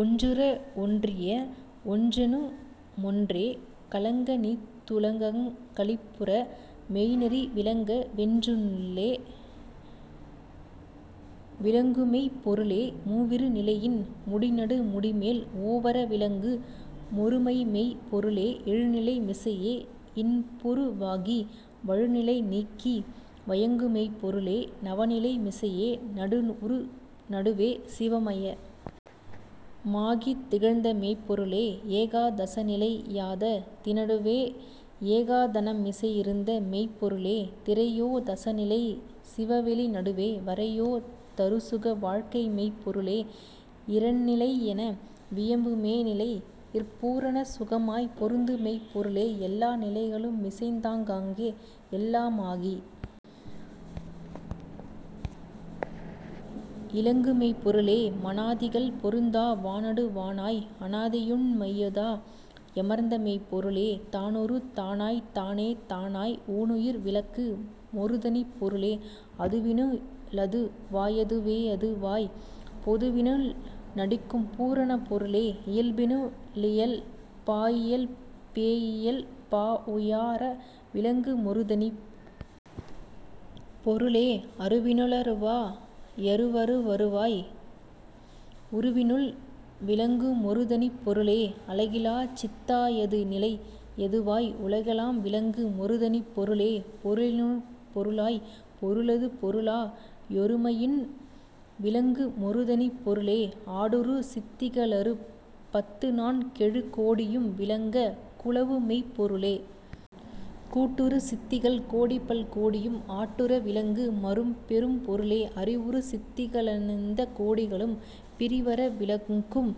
ஒன்றுற வொன்றிய வொன்றெனு மொன்றே களங்கநீத் துலகங் களிப்புற மெய்நெறி விளங்கவென் னுள்ளே விளங்குமெய்ப் பொருளே மூவிரு நிலையின் முடிநடு முடிமேல் ஓவற விளங்கு மொருமைமெய்ப் பொருளே எழுநிலை மிசையே யின்புரு வாகி வழுநிலை நீக்கி வயங்குமெய்ப் பொருளே நவநிலை மிசையே நடுவுறு நடுவே சிவமய மாகித் திகழ்ந்தமெய்ப் பொருளே ஏகா தசநிலை யாததி னடுவே ஏகா தனமிசை யிருந்தமெய்ப் பொருளே திரையோ தசநிலை சிவவெளி நடுவே வரையோ தருசுக வாழ்க்கைமெய்ப் பொருளே இரெண் ணிலையென வியம்புமே னிலையிற் பூரண சுகமாய்ப் பொருந்துமெய்ப் பொருளே எல்லா நிலைகளு மிசைந்தாங் காங்கே எல்லா மாகி யிலங்குமெய்ப் பொருளே மனாதிகள் பொருந்தா வானடு வானாய் அனாதியுண் மையதா யமர்ந்தமெய்ப் பொருளே தானொரு தானாய்த் தானே தானாய் ஊனுயிர் விளக்கு மொருதனிப் பொருளே அதுவினு ளதுவா யதுவே யதுவாய்ப் பொதுவினுள் நடிக்கும் பூரணப் பொருளே இயல்பினு ளியல்பா யியல்பே யியல்பா உயாற விளங்கு மொருதனிப் பொருளே அருவினு ளருவா யருவரு வருவாய் உருவினுள் விளங்கு மொருதனிப் பொருளே அலகிலாச் சித்தா யதுநிலை யதுவாய் உலகெலாம் விளங்கு மொருதனிப் பொருளே பொருளினுட் பொருளாய்ப் பொருளது பொருளா யொருமையின் விளங்கு மொருதனிப் பொருளே ஆடுறு சித்திக ளறுபத் துநான்கெழு கோடியும் விளங்கக் குலவுமெய்ப் பொருளே கூட்டுறு சித்திகள் கோடிபல் கோடியும் ஆட்டுற விளங்கு மரும்பெரும் பொருளே அறிவுறு சித்திக ளனந்தகோ டிகளும் பிறிவற விளக்கும்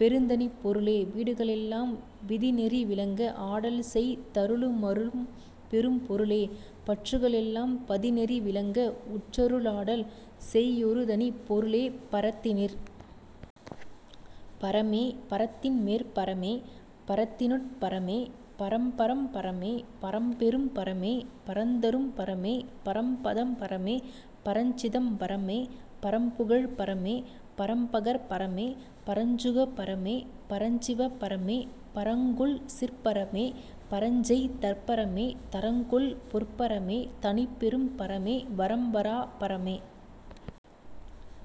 பெருந்தனிப் பொருளே வீடுக ளெல்லாம் விதிநெறி விளங்க ஆடல்செய் தருளு மரும்பெரும் பொருளே பற்றுக ளெல்லாம் பதிநெறி விளங்க உற்றரு ளாடல்செய் யொருதனிப் பொருளே பரத்தினிற் பரமே பரத்தின்மேற் பரமே பரத்தினுட் பரமே பரம்பரம் பரமே பரம்பெறும் பரமே பரந்தரும் பரமே பரம்பதம் பரமே பரஞ் சிதம்பரமே பரம்புகழ் பரமே பரம்பகர் பரமே பரஞ்சுக பரமே பரஞ்சிவ பரமே பரங்கொள் சிற்பரமே பரஞ்செய் தற்பரமே தரங்கொள் பொற்பரமே தனிப்பெரும் பரமே வரம்பரா பரமே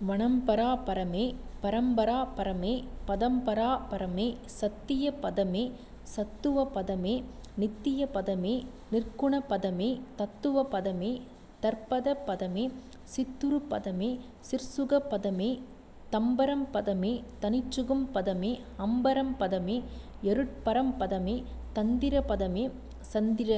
வணம்பரா பரமே பரம்பரா பரமே பதம்பரா பரமே சத்திய பதமே சத்துவ பதமே நித்திய பதமே நிற்குண பதமே தத்துவ பதமே தற்பத பதமே சித்துறு பதமே சிற்சுக பதமே தம்பரம் பதமே தனிச்சுகம் பதமே அம்பரம் பதமே யருட்பரம் பதமே தந்திர பதமே சந்திர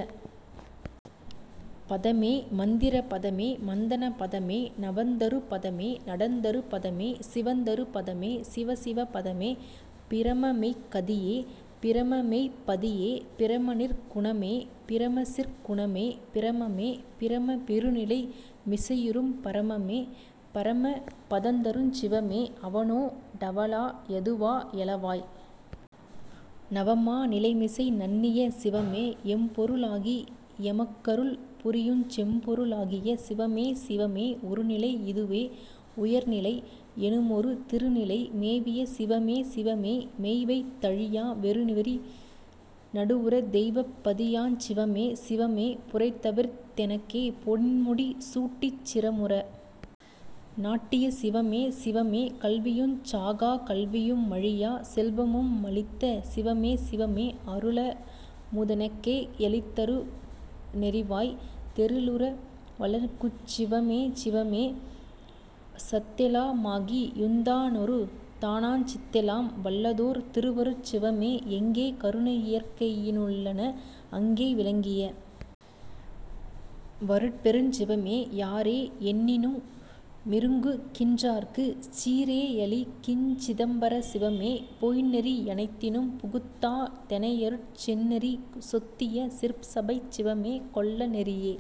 பதமே மந்திர பதமே மந்தண பதமே நவந்தரு பதமே நடந்தரு பதமே சிவந்தரு பதமே சிவசிவ பதமே பிரமமெய்க் கதியே பிரமமெய்ப் பதியே பிரமநிற் குணமே பிரமசிற் குணமே பிரமமே பிரமப் பெருநிலை மிசையுறும் பரமமே பரம பதந்தருஞ் சிவமே அவனோ டவளா யதுவா யலவாய் நவமா நிலைமிசை நண்ணிய சிவமே எம்பொரு ளாகி யெமக்கருள் புரியுஞ் செம்பொரு ளாகிய சிவமே சிவமே ஒருநிலை யிதுவே வுயர்நிலை யெனுமொரு திருநிலை மேவிய சிவமே சிவமே மெய்வைத் தழியா வெறுவெளி நடுவுற தெய்வப் பதியாஞ் சிவமே சிவமே புரைதவிர்த் தெனக்கே பொன்முடி சூட்டிச் சிரமுற நாட்டிய சிவமே சிவமே கல்வியுஞ் சாகாக் கல்வியு மழியாச் செல்வமு மளித்த சிவமே சிவமே அருளமு தெனக்கே யளித்தரு ணெறிவாய்த் தெருளுற வளர்க்குஞ் சிவமே சிவமே சத்தெலா மாகியுந் தானொரு தானாஞ் சித்தெலாம் வல்லதோர் திருவருட் சிவமே எங்கே கருணை யியற்கையி னுள்ளன அங்கே விளங்கிய வருட்பெருஞ் சிவமே யாரே யென்னினு மிரங்குகின் றார்க்குச் சீரே யளிக்கிஞ் சிதம்பர சிவமே பொய்ந்நெறி யனைத்தினும் புகுத்தா தெனையருட் செந்நெறி சொத்திய சிற்சபைச் சிவமே கொல்ல நெறியே